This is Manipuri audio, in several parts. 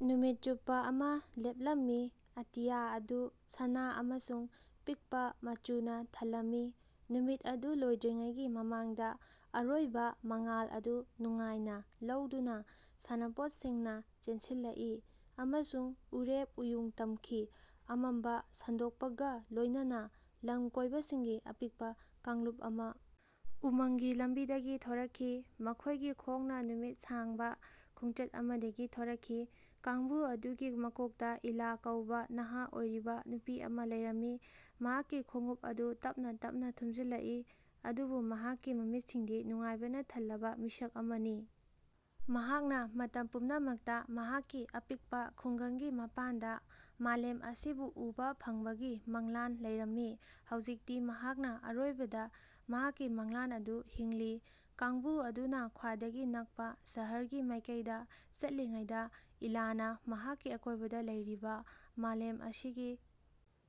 ꯅꯨꯃꯤꯠ ꯆꯨꯞꯄꯥ ꯑꯃꯥ ꯂꯦꯞꯂꯝꯃꯤ ꯑꯇꯤꯌꯥ ꯑꯗꯨ ꯁꯅꯥ ꯑꯃꯁꯨꯡ ꯄꯤꯛꯄꯥ ꯃꯆꯨꯅꯥ ꯊꯜꯂꯝꯃꯤ꯫ ꯅꯨꯃꯤꯠ ꯑꯗꯨ ꯂꯣꯏꯗ꯭ꯔꯤꯉꯩꯒꯤ ꯃꯃꯥꯡꯗꯥ ꯑꯔꯣꯏꯕꯥ ꯃꯉꯥꯜ ꯑꯗꯨ ꯅꯨꯡꯉꯥꯏꯅꯥ ꯂꯧꯗꯨꯅꯥ ꯁꯥꯟꯅꯄꯣꯠꯁꯤꯡꯅꯥ ꯆꯦꯟꯁꯤꯜꯂꯛꯏ ꯑꯃꯁꯨꯡ ꯎꯔꯦꯞ ꯎꯌꯨꯡ ꯇꯝꯈꯤ꯫ ꯑꯃꯝꯕꯥ ꯁꯟꯗꯣꯛꯄꯒꯥ ꯂꯣꯏꯅꯅꯥ ꯂꯝꯀꯣꯏꯕꯁꯤꯡꯒꯤ ꯑꯄꯤꯛꯄꯥ ꯀꯥꯡꯂꯨꯞ ꯑꯃꯥ ꯎꯃꯪꯒꯤ ꯂꯝꯕꯤꯗꯒꯤ ꯊꯣꯔꯛꯈꯤ ꯃꯈꯣꯏꯒꯤ ꯈꯣꯡꯅꯥ ꯅꯨꯃꯤꯠ ꯁꯥꯡꯕꯥ ꯈꯣꯡꯆꯠ ꯑꯃꯗꯒꯤ ꯊꯣꯔꯛꯈꯤ꯫ ꯀꯥꯡꯕꯨ ꯑꯗꯨꯒꯤ ꯃꯀꯣꯛꯇꯥ ꯏꯂꯥ ꯀꯧꯕꯥ ꯅꯍꯥ ꯑꯣꯏꯔꯤꯕꯥ ꯅꯨꯄꯤ ꯑꯃꯥ ꯂꯩꯔꯝꯃꯤ ꯃꯍꯥꯛꯀꯤ ꯈꯣꯡꯎꯞ ꯑꯗꯨ ꯇꯞꯅꯥ ꯇꯞꯅꯥ ꯊꯨꯝꯖꯤꯜꯂꯛꯏ ꯑꯗꯨꯕꯨ ꯃꯍꯥꯛꯀꯤ ꯃꯃꯤꯠꯁꯤꯡꯗꯤ ꯅꯨꯡꯉꯥꯏꯕꯅꯥ ꯊꯜꯂꯕꯥ ꯃꯤꯁꯛ ꯑꯃꯅꯤ꯫ ꯃꯍꯥꯛꯅꯥ ꯃꯇꯝ ꯄꯨꯝꯅꯃꯛꯇꯥ ꯃꯍꯥꯛꯀꯤ ꯑꯄꯤꯛꯄꯥ ꯈꯨꯡꯒꯪꯒꯤ ꯃꯄꯥꯟꯗꯥ ꯃꯥꯂꯦꯝ ꯑꯁꯤꯕꯨ ꯎꯕꯥ ꯐꯪꯕꯒꯤ ꯃꯪꯂꯥꯟ ꯂꯩꯔꯝꯃꯤ ꯍꯧꯖꯤꯛꯇꯤ ꯃꯍꯥꯛꯅꯥ ꯑꯔꯣꯏꯕꯗꯥ ꯃꯍꯥꯛꯀꯤ ꯃꯪꯂꯥꯟ ꯑꯗꯨ ꯍꯤꯡꯂꯤ꯫ ꯀꯥꯡꯕꯨ ꯑꯗꯨꯅꯥ ꯈ꯭ꯋꯥꯏꯗꯒꯤ ꯅꯛꯄꯥ ꯁꯍꯔꯒꯤ ꯃꯥꯏꯀꯩꯗꯥ ꯆꯠꯂꯤꯉꯩꯗꯥ ꯏꯂꯥꯅꯥ ꯃꯍꯥꯛꯀꯤ ꯑꯀꯣꯏꯕꯗꯥ ꯂꯩꯔꯤꯕꯥ ꯃꯥꯂꯦꯝ ꯑꯁꯤꯒꯤ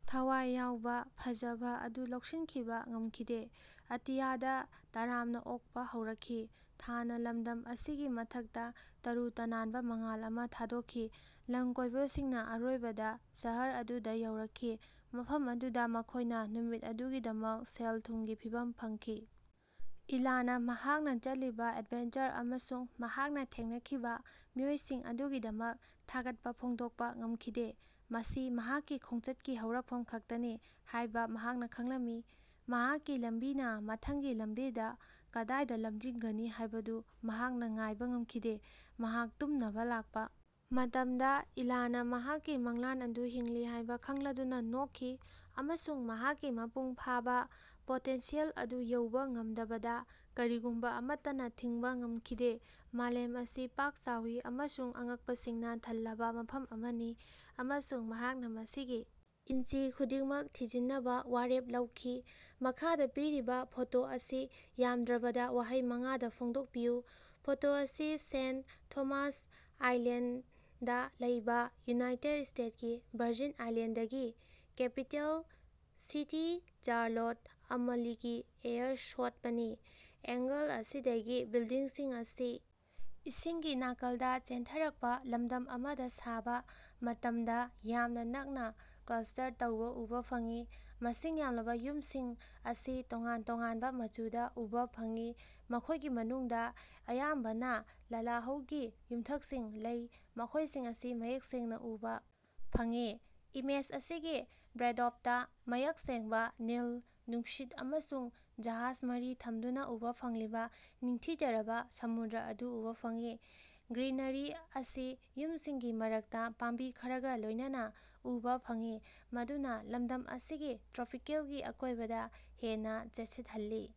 ꯊꯋꯥꯏ ꯌꯥꯎꯕꯥ ꯐꯖꯕꯥ ꯑꯗꯨ ꯂꯧꯁꯤꯟꯈꯤꯕꯥ ꯉꯝꯈꯤꯗꯦ꯫ ꯑꯇꯤꯌꯥꯗꯥ ꯇꯔꯥꯝꯅꯥ ꯑꯣꯛꯄꯥ ꯍꯧꯔꯛꯈꯤ ꯊꯥꯅꯥ ꯂꯝꯗꯝ ꯑꯁꯤꯒꯤ ꯃꯊꯛꯇꯥ ꯇꯔꯨ ꯇꯅꯥꯟꯕꯥ ꯃꯉꯥꯜ ꯑꯃꯥ ꯊꯥꯗꯣꯛꯈꯤ꯫ ꯂꯝꯀꯣꯏꯕꯁꯤꯡꯅꯥ ꯑꯔꯣꯏꯕꯗꯥ ꯁꯍꯔ ꯑꯗꯨꯗꯥ ꯌꯧꯔꯛꯈꯤ ꯃꯐꯝ ꯑꯗꯨꯗꯥ ꯃꯈꯣꯏꯅꯥ ꯅꯨꯃꯤꯠ ꯑꯗꯨꯒꯤꯗꯃꯛ ꯁꯦꯜ ꯊꯨꯝꯒꯤ ꯐꯤꯚꯝ ꯐꯪꯈꯤ꯫ ꯏꯂꯥꯅꯥ ꯃꯍꯥꯛꯅꯥ ꯆꯠꯂꯤꯕꯥ ꯑꯦꯗꯚꯦꯟꯆꯔ ꯑꯃꯁꯨꯡ ꯃꯍꯥꯛꯅꯥ ꯊꯦꯡꯅꯈꯤꯕꯥ ꯃꯤꯑꯣꯏꯁꯤꯡ ꯑꯗꯨꯒꯤꯗꯃꯛ ꯊꯥꯒꯠꯄꯥ ꯐꯣꯡꯗꯣꯛꯄꯥ ꯉꯝꯈꯤꯗꯦ꯫ ꯃꯁꯤ ꯃꯍꯥꯛꯀꯤ ꯈꯣꯡꯆꯠꯀꯤ ꯍꯧꯔꯛꯐꯝ ꯈꯛꯇꯅꯤ ꯍꯥꯏꯕꯥ ꯃꯍꯥꯛꯅꯥ ꯈꯪꯂꯝꯏ ꯃꯍꯥꯛꯀꯤ ꯂꯝꯕꯤꯅꯥ ꯃꯊꯪꯒꯤ ꯂꯝꯕꯤꯗꯥ ꯀꯗꯥꯏꯗꯥ ꯂꯝꯖꯤꯡꯒꯅꯤ ꯍꯥꯏꯕꯗꯨ ꯃꯍꯥꯛꯅꯥ ꯉꯥꯏꯕꯥ ꯉꯝꯈꯤꯗꯦ꯫ ꯃꯍꯥꯛ ꯇꯨꯝꯅꯕꯥ ꯂꯥꯛꯄꯥ ꯃꯇꯝꯗꯥ ꯏꯂꯥꯅꯥ ꯃꯍꯥꯛꯀꯤ ꯃꯪꯂꯥꯟ ꯑꯗꯨ ꯍꯤꯡꯂꯤ ꯍꯥꯏꯕꯥ ꯈꯪꯂꯗꯨꯅꯥ ꯅꯣꯛꯈꯤ ꯑꯃꯁꯨꯡ ꯃꯍꯥꯛꯀꯤ ꯃꯄꯨꯡ ꯐꯥꯕꯥ ꯄꯣꯇꯦꯟꯁꯤꯌꯦꯜ ꯑꯗꯨ ꯌꯧꯕꯥ ꯉꯝꯗꯕꯗꯥ ꯀꯔꯤꯒꯨꯝꯕꯥ ꯑꯃꯠꯇꯅꯥ ꯊꯤꯡꯕꯥ ꯉꯝꯈꯤꯗꯦ꯫ ꯃꯥꯂꯦꯝ ꯑꯁꯤ ꯄꯥꯛ ꯆꯥꯎꯏ ꯑꯃꯁꯨꯡ ꯑꯉꯛꯄꯁꯤꯡꯅꯥ ꯊꯜꯂꯕꯥ ꯃꯐꯝ ꯑꯃꯅꯤ ꯑꯃꯁꯨꯡ ꯃꯍꯥꯛꯅꯥ ꯃꯁꯤꯒꯤ ꯏꯟꯆꯤ ꯈꯨꯗꯤꯡꯃꯛ ꯊꯤꯖꯤꯟꯅꯕꯥ ꯋꯥꯔꯦꯞ ꯂꯧꯈꯤ꯫ ꯃꯈꯥꯗꯥ ꯄꯤꯔꯤꯕꯥ ꯐꯣꯇꯣ ꯑꯁꯤ ꯌꯥꯝꯗ꯭ꯔꯕꯗꯥ ꯋꯥꯍꯩ ꯃꯉꯥꯗꯥ ꯐꯣꯡꯗꯣꯛꯄꯤꯌꯨ꯫ ꯐꯣꯇꯣ ꯑꯁꯤ ꯁꯦꯟ꯫ ꯊꯣꯃꯥꯁ ꯑꯥꯏꯂꯦꯟꯗꯗꯥ ꯂꯩꯕꯥ ꯌꯨꯅꯥꯏꯇꯦꯗ ꯁ꯭ꯇꯦꯠꯀꯤ ꯚꯔꯖꯤꯟ ꯑꯥꯏꯂꯦꯟꯗꯒꯤ ꯀꯦꯄꯤꯇꯦꯜ ꯁꯤꯇꯤ ꯆꯥꯔꯂꯣꯠ ꯑꯃꯂꯤꯒꯤ ꯑꯦꯌꯔ ꯁꯣꯠꯄꯅꯤ꯫ ꯑꯦꯡꯒꯜ ꯑꯁꯤꯗꯒꯤ ꯕꯤꯜꯗꯤꯡꯁꯤꯡ ꯑꯁꯤ ꯏꯁꯤꯡꯒꯤ ꯅꯥꯀꯜꯗꯥ ꯆꯦꯟꯊꯔꯛꯄꯥ ꯂꯝꯗꯝ ꯑꯃꯗꯥ ꯁꯥꯕꯥ ꯃꯇꯝꯗꯥ ꯌꯥꯝꯅꯥ ꯅꯛꯅꯥ ꯀ꯭ꯂꯁ꯭ꯇꯔ ꯇꯧꯕꯥ ꯎꯕꯥ ꯐꯪꯏ꯫ ꯃꯁꯤꯡ ꯌꯥꯝꯂꯕꯥ ꯌꯨꯝꯁꯤꯡ ꯑꯁꯤ ꯇꯣꯉꯥꯟ ꯇꯣꯉꯥꯟꯕꯥ ꯃꯆꯨꯗꯥ ꯎꯕꯥ ꯐꯪꯏ ꯃꯈꯣꯏꯒꯤ ꯃꯅꯨꯡꯗꯥ ꯑꯌꯥꯝꯕꯅꯥ ꯂꯥꯂꯍꯧꯒꯤ ꯌꯨꯝꯊꯛꯁꯤꯡ ꯂꯩ ꯃꯈꯣꯏꯁꯤꯡ ꯑꯁꯤ ꯃꯌꯦꯛ ꯁꯦꯡꯅꯥ ꯎꯕꯥ ꯐꯪꯏ꯫ ꯏꯃꯦꯖ ꯑꯁꯤꯒꯤ ꯕꯦꯛꯗ꯭ꯔꯣꯞꯇꯥ ꯃꯌꯦꯛ ꯁꯦꯡꯕꯥ ꯅꯤꯜ ꯅꯨꯡꯁꯤꯠ ꯑꯃꯁꯨꯡ ꯖꯍꯥꯖ ꯃꯔꯤ ꯊꯝꯗꯨꯅꯥ ꯎꯕꯥ ꯐꯪꯂꯤꯕꯥ ꯅꯤꯡꯊꯤꯖꯔꯕꯥ ꯁꯃꯨꯗ꯭ꯔ ꯑꯗꯨ ꯎꯕꯥ ꯐꯪꯏ꯫ ꯒ꯭ꯔꯤꯅꯔꯤ ꯑꯁꯤ ꯌꯨꯝꯁꯤꯡꯒꯤ ꯃꯔꯛꯇꯥ ꯄꯥꯝꯕꯤ ꯈꯔꯒꯥ ꯂꯣꯏꯅꯅꯥ ꯎꯕꯥ ꯐꯪꯏ ꯃꯗꯨꯅꯥ ꯂꯝꯗꯝ ꯑꯁꯤꯒꯤ ꯇ꯭ꯔꯣꯄꯤꯀꯦꯜꯒꯤ ꯑꯀꯣꯏꯕꯗꯥ ꯍꯦꯟꯅꯥ ꯆꯦꯠꯁꯤꯜꯍꯜꯂꯤ꯫